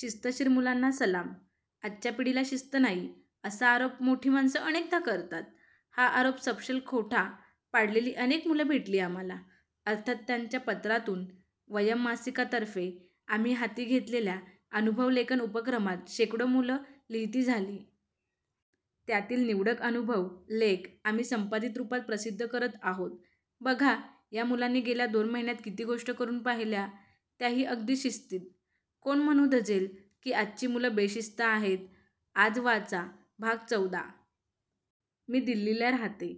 शिस्तशीर मुलांना सलाम. आजच्या पिढीला शिस्त नाही, असा आरोप मोठी माणसं अनेकदा करतात. हा आरोप सपशेल खोटा पाडलेली अनेक मुलं भेटली आम्हांला, अर्थात त्यांच्या पत्रांतून. वयम् मासिकातर्फे आम्ही हाती घेतलेल्या अनुभव लेखन उपक्रमात शेकडो मुलं लिहिती झाली. त्यातील निवडक अनुभव लेख आम्ही संपादित रूपात प्रसिद्ध करत आहोत. बघा, या मुलांनी गेल्या दोन महिन्यांत किती गोष्टी करून पाहिल्या, त्याही अगदी शिस्तीत. कोण म्हणू धजेल की आजची मुलं बेशिस्त आहेत? आज वाचा भाग चौदा. मी दिल्लीला राहते.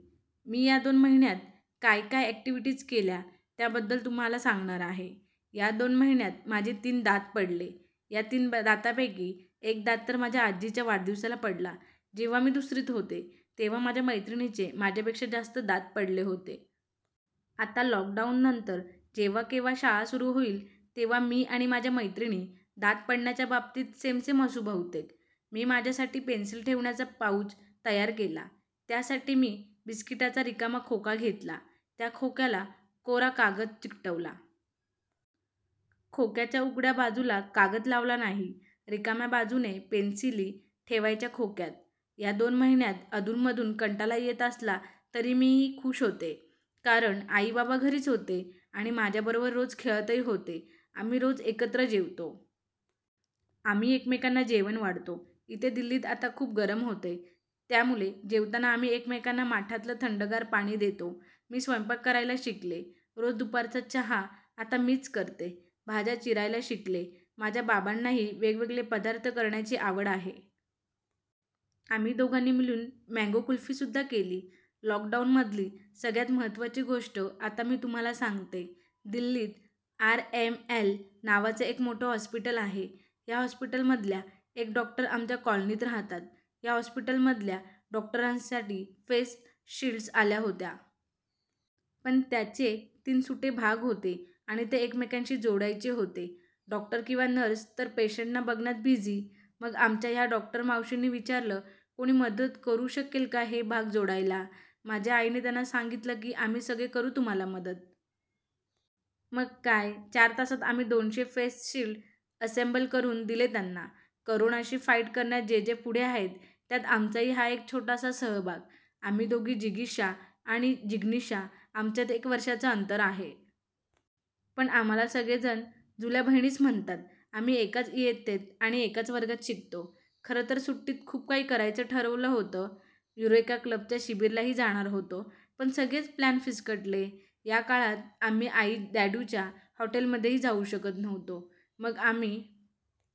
मी या दोन महिन्यांत काय काय ऍक्टिव्हिटीज केल्या, त्याबद्दल तुम्हांला सांगणार आहे. या दोन महिन्यांत माझे तीन दात पडले. ह्या तीन दातांपैकी एक दात तर माझ्या आजीच्या वाढदिवसाला पडला. जेव्हा मी दुसरीत होते, तेव्हा माझ्या मैत्रिणींचे माझ्यापेक्षा जास्त दात पडले होते. आता लॉकडाऊननंतर जेव्हा केव्हा शाळा सुरू होईल तेव्हा मी आणि माझ्या मैत्रिणी दात पडण्याच्या बाबतीत सेम सेम असू बहुतेक. मी माझ्यासाठी पेन्सिल ठेवण्याचा पाऊच तयार केला. त्यासाठी मी बिस्किटाचा रिकामा खोका घेतला. त्या खोक्याला कोरा कागद चिकटवला. खोक्याच्या उघड्या बाजूला कागद लावला नाही. रिकाम्या बाजूने पेन्सिली ठेवायच्या खोक्यात. या दोन महिन्यांत अधूनमधून कंटाळा येत असला तरी मी खूशही होते. कारण, आई बाबा घरीच होते आणि माझ्याबरोबर रोज खेळतही होते. आम्ही रोज एकत्र जेवतो. आम्ही एकमेकांना जेवण वाढतो. इथे दिल्लीत आता खूप गरम होतंय, त्यामुळे जेवताना आम्ही एकमेकांना माठातलं थंडगार पाणी देतो. मी स्वयंपाक करायला शिकले. रोज दुपारचा चहा आता मीच करते. भाज्या चिरायला शिकले. माझ्या बाबांनाही वेगवेगळे पदार्थ करण्याची आवड आहे. आम्ही दोघांनी मिळून मँगो कुल्फीसुद्धा केली. लॉकडाऊनमधली सगळ्यात महत्त्वाची गोष्ट आता मी तुम्हांला सांगते. दिल्लीत आरएमएल नावाचं एक मोठ्ठं हॉस्पिटल आहे. या हॉस्पिटलमधल्या एक डॉक्टर आमच्या कॉलनीत राहतात. या हॉस्पिटलमधल्या डॉक्टरांसाठी फेस शिल्ड्स आल्या होत्या. पण त्याचे तीन सुटे भाग होते आणि ते एकमेकांशी जोडायचे होते. डॉक्टर किंवा नर्स तर पेशंटना बघण्यात बिझी. मग आमच्या ह्या डॉक्टर मावशींनी विचारलं, कोणी मदत करू शकेल का हे भाग जोडायला? माझ्या आईने त्यांना सांगितलं की आम्ही सगळे करू तुम्हांला मदत. मग काय? चार तासांत आम्ही दोनशे फेस शिल्ड असेम्बल करून दिले त्यांना. करोनाशी फाईट करण्यात जे जे पुढे आहेत, त्यात आमचाही हा एक छोटासा सहभाग. आम्ही दोघी जिगीषा आणि जिग्नीषा. आमच्यात एक वर्षाचं अंतर आहे. पण आम्हांला सगळेजण जुळ्या बहिणीच म्हणतात. आम्ही एकाच इयत्तेत आणि एकाच वर्गात शिकतो. खरंतर सुट्टीत खूप काही करायचे ठरवलं होतं. युरेका क्लबच्या शिबिरालाही जाणार होतो. पण सगळेच प्लॅन फिस्कटले. या काळात आम्ही आई डॅडूच्या हॉटेलमध्येही जाऊ शकत नव्हतो. मग आम्ही